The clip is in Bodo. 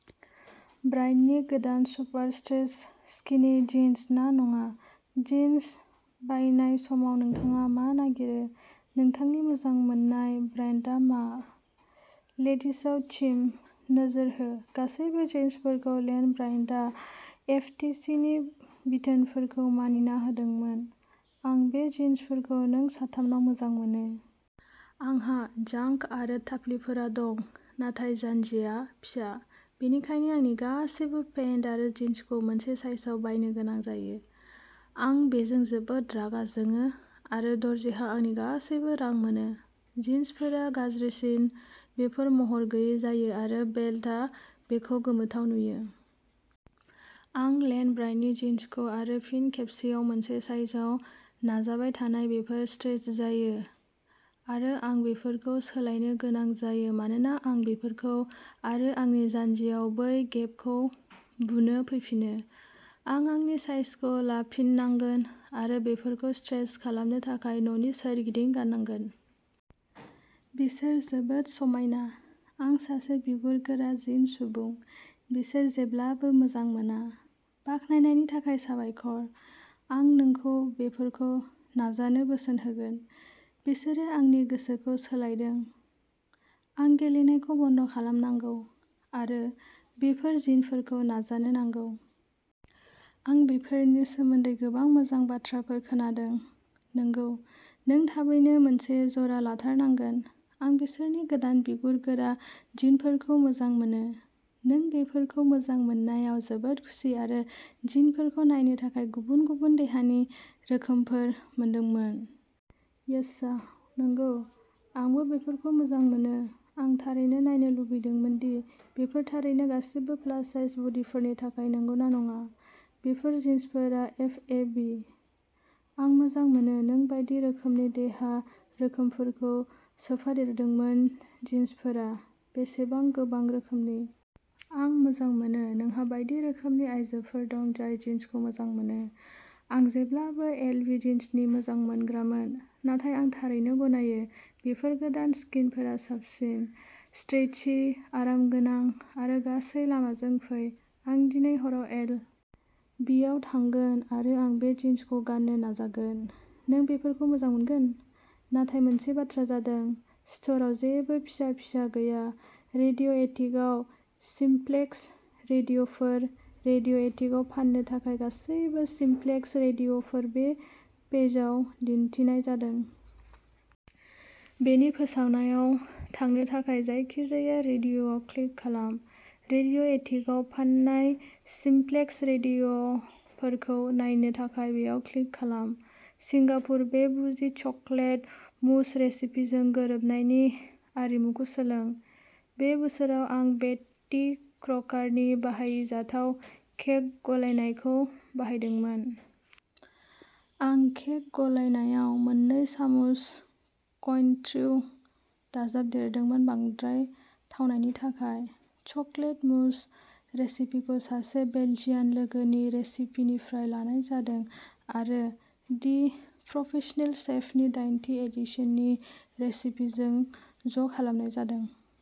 ब्रायन्टनि गोदान सुपार स्ट्रेच स्किनि जिन्स ना नङा? जिन्स बायनाय समाव नोंथाङा मा नागिरो? नोंथांनि मोजां मोननाय ब्राइन्डआ मा? लेडिजआव चिम! नोजोर होः गासैबो जिन्सफोरखौ लेन ब्रायन्टआ एफटीसीनि बिथोनफोरखौ मानिना होदोंमोन। आं बे जिन्सफोरखौ नों साथामनाव मोजां मोनो! आंहा जांघ आरो थाफ्लिफोरा दं नाथाय जान्जिया फिसा, बेनिखायनो आंनि गासैबो पेन्ट आरो जिन्सखौ मोनसे साइजआव बायनो गोनां जायो। आं बेजों जोबोद रागा जोङो आरो दर्जिहा आंनि गासैबो रां मोनो। जिन्सफोरा गाज्रिसिन, बेफोर महर गैयै जायो आरो बेल्टआ बेखौ गोमोथाव नुयो। आं लेन ब्रायन्ट जिन्सखौ आरो फिन खेबसेयाव मोनसे साइजआव नाजाबाय नाथाय बेफोर स्ट्रेच जायो आरो आं बेफोरखौ सोलायनो गोनां जायो मानोना आं बेफोरखौ आरो आंनि जान्जियाव बै गेपखौ बुनो फैफिनो। आं आंनि साइजखौ लाफिननांगोन आरो बेफोरखौ स्ट्रेच खालामनो थाखाय न'नि सोरगिदिं गाननांगोन। बिसोर जोबोद समायना, आं सासे बिगुर-गोरा जिन सुबुं, बिसोर जेब्लाबो मोजां मोना। बाखनायनायनि थाखाय साबायखर! आं नोंखौ बेफोरखौ नाजानो बोसोन होगोन, बिसोरो आंनि गोसोखौ सोलायदों। आं गेलेनायखौ बन्द खालामनांगौ आरो बेफोर जिनफोरखौ नाजानो नांगौ! आं बेफोरनि सोमोन्दै गोबां मोजां बाथ्राफोर खोनादों! नंगौ!! नों थाबैनो मोनसे जरा लाथारनांगोन! आं बिसोरनि गोदान बिगुर-गोरा जिनफोरखौ मोजां मोनो। नों बेफोरखौ मोजां मोननायाव जोबोद खुसि आरो जिनफोरखौ नायनो थाखाय गुबुन-गुबुन देहानि रोखोमफोर मोनदोंमोन! यास्सा! नंगौ, आंबो बेफोरखौ मोजां मोनो! आं थारैनो नायनो लुबैदोंमोन दि बेफोर थारैनो गासिबो प्लास साइज बडीफोरनि थाखाय नंगौ ना नङा। बेफोर जिनफोरा एफएबि!!! आं मोजां मोनो नों बायदि रोखोमनि देहा रोखोमफोरखौ सोफादेरदोंमोन जिन्सफोरा बेसेबां गोबां रोखोमनि। आं मोजां मोनो नोंहा बायदि रोखोमनि आयजोफोर दं जाय जिन्सखौ मोजां मोनो। आं जेब्लाबो एलबि जिन्सनि मोजां मोनग्रामोन, नाथाय आं थारैनो गनायो, बेफोर गोदान स्किनफोरा साबसिन। स्ट्रेचि, आरामगोनां, आरो गासै लामाजों फै। आं दिनै हराव एल. बि. आव थांगोन आरो आं बे जिन्सखौ गाननो नाजागोन! नों बेफोरखौ मोजां मोनगोन! नाथाय मोनसे बाथ्रा जादों, स्ट'रआव जेबो फिसा फिसा गैया। रेडिय'एटिकआव सिम्प्लेक्स रेडिय'फोर! रेडिय'एटिकआव फान्नो थाखाय गासैबो सिम्प्लेक्स रेडिय'फोर बे पेजआव दिन्थिनाय जादों। बेनि फोसावनायाव थांनो थाखाय जायखिजाया रेडिय'आव क्लिक खालाम। रेडिय'एटिकआव फान्नाय सिम्प्लेक्स रेडिय'फोरखौ नायनो थाखाय बेयाव क्लिक खालाम। सिंगापुर -बे बुजि चकलेट मुस रेसिपिजों गोरोबनायनि आरिमुखौ सोलों। बे बोसोराव, आं बेट्टी क्रकारनि बाहायजाथाव केक गलायनायखौ बाहायदोंमोन। आं केक गलायनायाव मोननै सामुस क'इनट्रेउ दाजाबदेरदोंमोन बांद्राय थावनायनि थाखाय। चकलेट मुस रेसिपिखौ सासे बेल्जियान लोगोनि रेसिपिनिफ्राय लानाय जादों आरो दि प्रफेसनेल शेफनि दाइनथि एडिशननि रेसिपिजों ज'खालामनाय जादों।